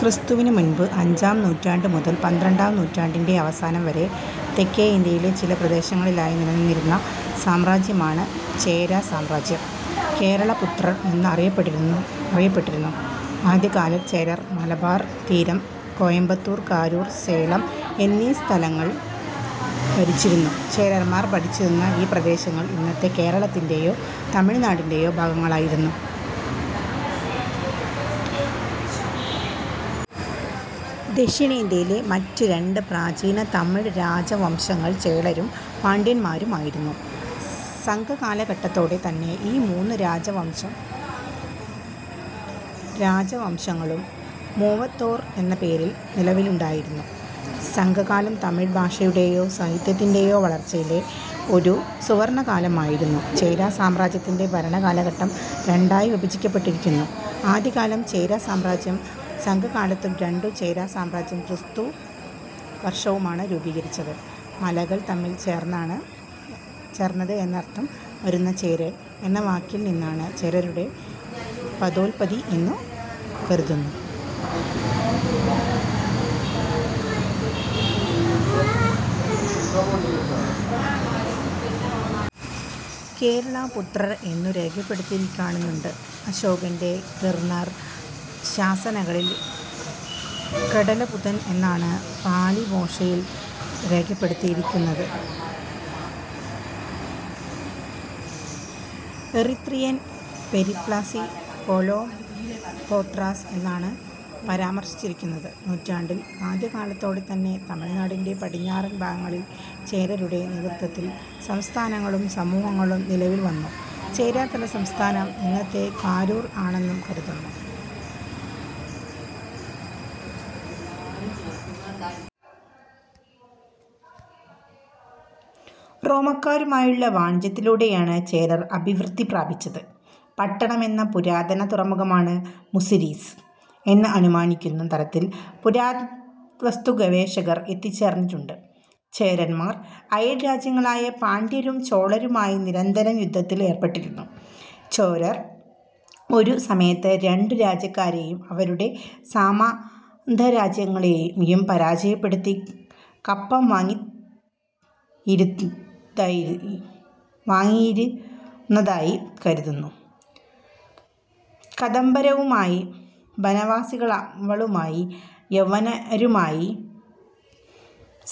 ക്രിസ്തുവിന് മുൻപ് അഞ്ചാം നൂറ്റാണ്ടു മുതൽ പന്ത്രണ്ടാം നൂറ്റാണ്ടിന്റെ അവസാനം വരെ തെക്കേ ഇന്ത്യയിലെ ചില പ്രദേശങ്ങളിലായി നിലനിന്നിരുന്ന സാമ്രാജ്യമാണ് ചേര സാമ്രാജ്യം. കേരളപുത്രർ എന്നും അറിയപ്പെട്ടിരുന്നു. ആദ്യകാല ചേരർ മലബാർ തീരം, കോയമ്പത്തൂർ, കരൂർ, സേലം എന്നീ സ്ഥലങ്ങൾ ഭരിച്ചിരുന്നു. ചേരന്മാർ ഭരിച്ചിരുന്ന ഈ പ്രദേശങ്ങൾ ഇന്നത്തെ കേരളത്തിന്റെയോ തമിഴ്നാട്ടിന്റെയോ ഭാഗങ്ങളായിരുന്നു. ദക്ഷിണേന്ത്യയിലെ മറ്റ് രണ്ട് പ്രാചീന തമിഴ് രാജവംശങ്ങൾ ചോളരും പാണ്ഡ്യരുമായിരുന്നു. സംഘകാലഘട്ടത്തോടെ തന്നെ ഈ മൂന്നു രാജവംശങ്ങളും മൂവേന്തർ എന്ന പേരിൽ നിലവിലുണ്ടായിരുന്നു. സംഘകാലം തമിഴ് ഭാഷയുടേയും സാഹിത്യത്തിന്റേയും വളർച്ചയിലെ ഒരു സുവർണ്ണകാലമായിരുന്നു. ചേര സാമ്രാജ്യത്തിന്റെ ഭരണകാലഘട്ടം രണ്ടായി വിഭജിക്കപ്പെട്ടിരിക്കുന്നു. ആദ്യകാല ചേര സാമ്രാജ്യം സംഘകാലത്തും രണ്ടാം ചേര സാമ്രാജ്യം ക്രിസ്തു വർഷവുമാണ് രൂപീകരിച്ചത് മലകൾ തമ്മിൽ ചേർന്നത് എന്നർത്ഥം വരുന്ന ചേരൽ എന്ന വാക്കിൽ നിന്നാണ് ചേരരുടെ പദോല്പത്തി എന്നു കരുതുന്നു. കേരളപുത്രർ എന്നും രേഖപ്പെടുത്തിക്കാണുന്നുണ്ട്. അശോകന്റെ ഗിർണാർ ശാസനങ്ങളിൽ കേടലപുത്ത എന്നാണു പാലി ഭാഷയിൽ രേഖപ്പെടുത്തിയിരിക്കുന്നത്. എറിത്രിയൻ പെരിപ്ലസിൽ കേലോബോത്രാസ് എന്നാണ് പരാമർശിച്ചിരിക്കുന്നത്. നൂറ്റാണ്ടിൽ ആദ്യകാലത്തോടെ തന്നെ തമിഴ്നാട്ട്ന്റെ പടിഞ്ഞാറൻ ഭാഗങ്ങളിൽ ചേരരുടെ നേതൃത്വത്തിൽ സംസ്ഥാനങ്ങളും സമൂഹങ്ങളും നിലവിൽ വന്നു. ചേരതലസ്ഥാനം ഇന്നത്തെ കരൂർ ആണെന്നു കരുതുന്നു. റോമക്കാരുമായുള്ള വാണിജ്യത്തിലൂടെയാണ് ചേരർ അഭിവൃദ്ധിപ്രാപിച്ചത്. പട്ടണം എന്ന പുരാതന തുറമുഖമാണ് മുസിരിസ് എന്ന് അനുമാനിക്കുന്ന തരത്തിൽ പുരാവസ്തുഗവേഷകർ എത്തിച്ചേർന്നിട്ടുണ്ട്. ചേരന്മാർ അയൽരാജ്യങ്ങളായ പാണ്ഡ്യരും ചോളരുമായി നിരന്തരം യുദ്ധത്തിൽ ഏർപ്പെട്ടിരുന്നു. ചേരർ ഒരു സമയത്ത് രണ്ടു രാജ്യക്കാരെയും അവരുടെ സാമന്തരാജ്യങ്ങളേയും പരജയപ്പെടുത്തി കപ്പം വാങ്ങിയിരുന്നതായി കരുതുന്നു. കദംബരുമായും ബനവാസികളുമായും യവനരുമായും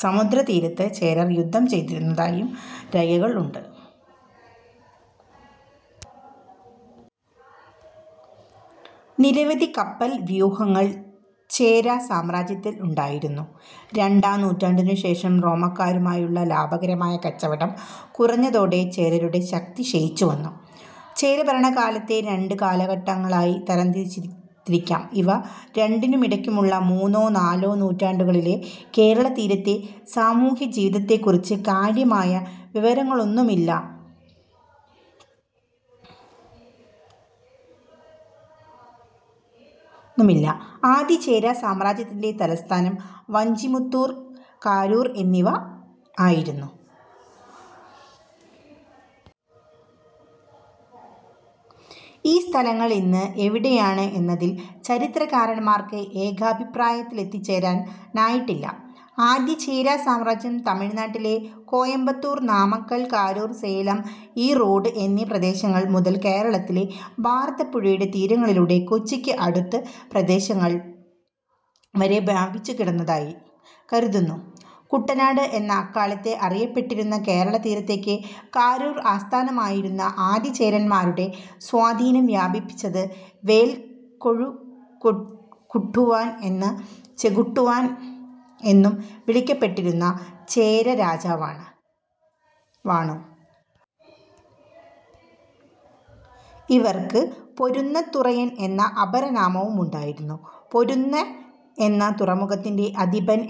സമുദ്രതീരത്ത് ചേരർ യുദ്ധം ചെയ്തിരുന്നതായും രേഖകൾ ഉണ്ട്. നിരവധി കപ്പൽ വ്യൂഹങ്ങൾ ചേരസാമ്രാജ്യത്തിൽ ഉണ്ടായുരുന്നു. രണ്ടാം നൂറ്റാണ്ടിനു ശേഷം റോമക്കാരുമായുള്ള ലാഭകരമായ കച്ചവടം കുറഞ്ഞതോടെ ചേരരുടെ ശക്തി ക്ഷയിച്ചുവന്നു. ചേരഭരണകാലത്തെ രണ്ട് കാലഘട്ടങ്ങളായി തരം തിരിക്കാം ഇവ രണ്ടിനുമിടക്കുള്ള മൂന്നോ നാലോ നൂറ്റാണ്ടുകളിലെ കേരളതീരത്തെ സമൂഹ്യജീവിതത്തെക്കുറിച്ച് കാര്യമായ വിവരങ്ങളൊന്നുമില്ല. ആദിചേര സാമ്രാജ്യത്തിന്റെ തലസ്ഥാനം വഞ്ചിമുത്തൂർ, കരൂർ എന്നിവ ആയിരുന്നു. ഈ സ്ഥലങ്ങൾ ഇന്ന് എവിടെയാണ് എന്നതിൽ ചരിത്രകാരന്മാർക്ക് ഏകാഭിപ്രായത്തിലെത്തിച്ചേരാനായിട്ടില്ല. ആദിചേര സാമ്രാജ്യം തമിഴ്നാട്ടിലെ കോയമ്പത്തൂർ, നാമക്കൽ, കരൂർ, സേലം, ഈറോഡ് എന്നീ പ്രദേശങ്ങൾ മുതൽ കേരളത്തിൽ ഭാരതപ്പുഴയുടെ തീരങ്ങളിലൂടെ കൊച്ചിക്ക് അടുത്ത പ്രദേശങ്ങൾ വരെ വ്യാപിച്ചു കിടന്നതായി കരുതുന്നു. കുടനാട് എന്ന് അക്കാലത്ത് അറിയപ്പെട്ടിരുന്ന കേരളതീരത്തേക്ക് കരൂർ ആസ്ഥാനമായിരുന്ന ആദിചേരന്മാരുടെ സ്വാധീനം വ്യാപിപ്പിച്ചത് വേൽകെഴുകുട്ടുവൻ എന്നും ചെങ്കുട്ടുവൻ എന്നും വിളിക്കപ്പെട്ടിരുന്ന ചേരരാജാവാണു. ഇവർക്ക് പൊരുന്നൈത്തുറയൻ എന്ന അപരനാമവും ഉണ്ടായിരുന്നു. പൊരുന്നൈ എന്ന തുറമുഖത്തിന്റെ അധിപൻ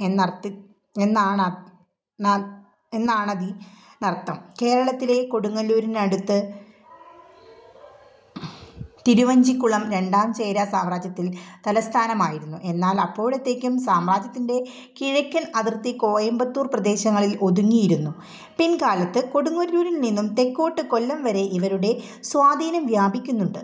എന്നാണതിനർത്ഥം. കേരളത്തിൽ കൊടുങ്ങല്ലൂരിന് അടുത്ത് തിരുവഞ്ചിക്കുളം രണ്ടാംചേര സാമ്രാജ്യത്തിന്റെ തലസ്ഥാനമായിരുന്നു. എന്നാൽ അപ്പോഴേക്ക് സാമ്രാജ്യത്തിന്റെ കിഴക്കൻ അതിർത്തി കോയമ്പത്തൂർ പ്രദേശങ്ങളിൽ ഒതുങ്ങിയിരുന്നു. പിൽക്കാലത്ത് കൊടുങ്ങല്ലൂരിനു തെക്കോട്ട് കൊല്ലം വരെ ഇവരുടെ സ്വാധീനം വ്യാപിക്കുന്നുണ്ട്.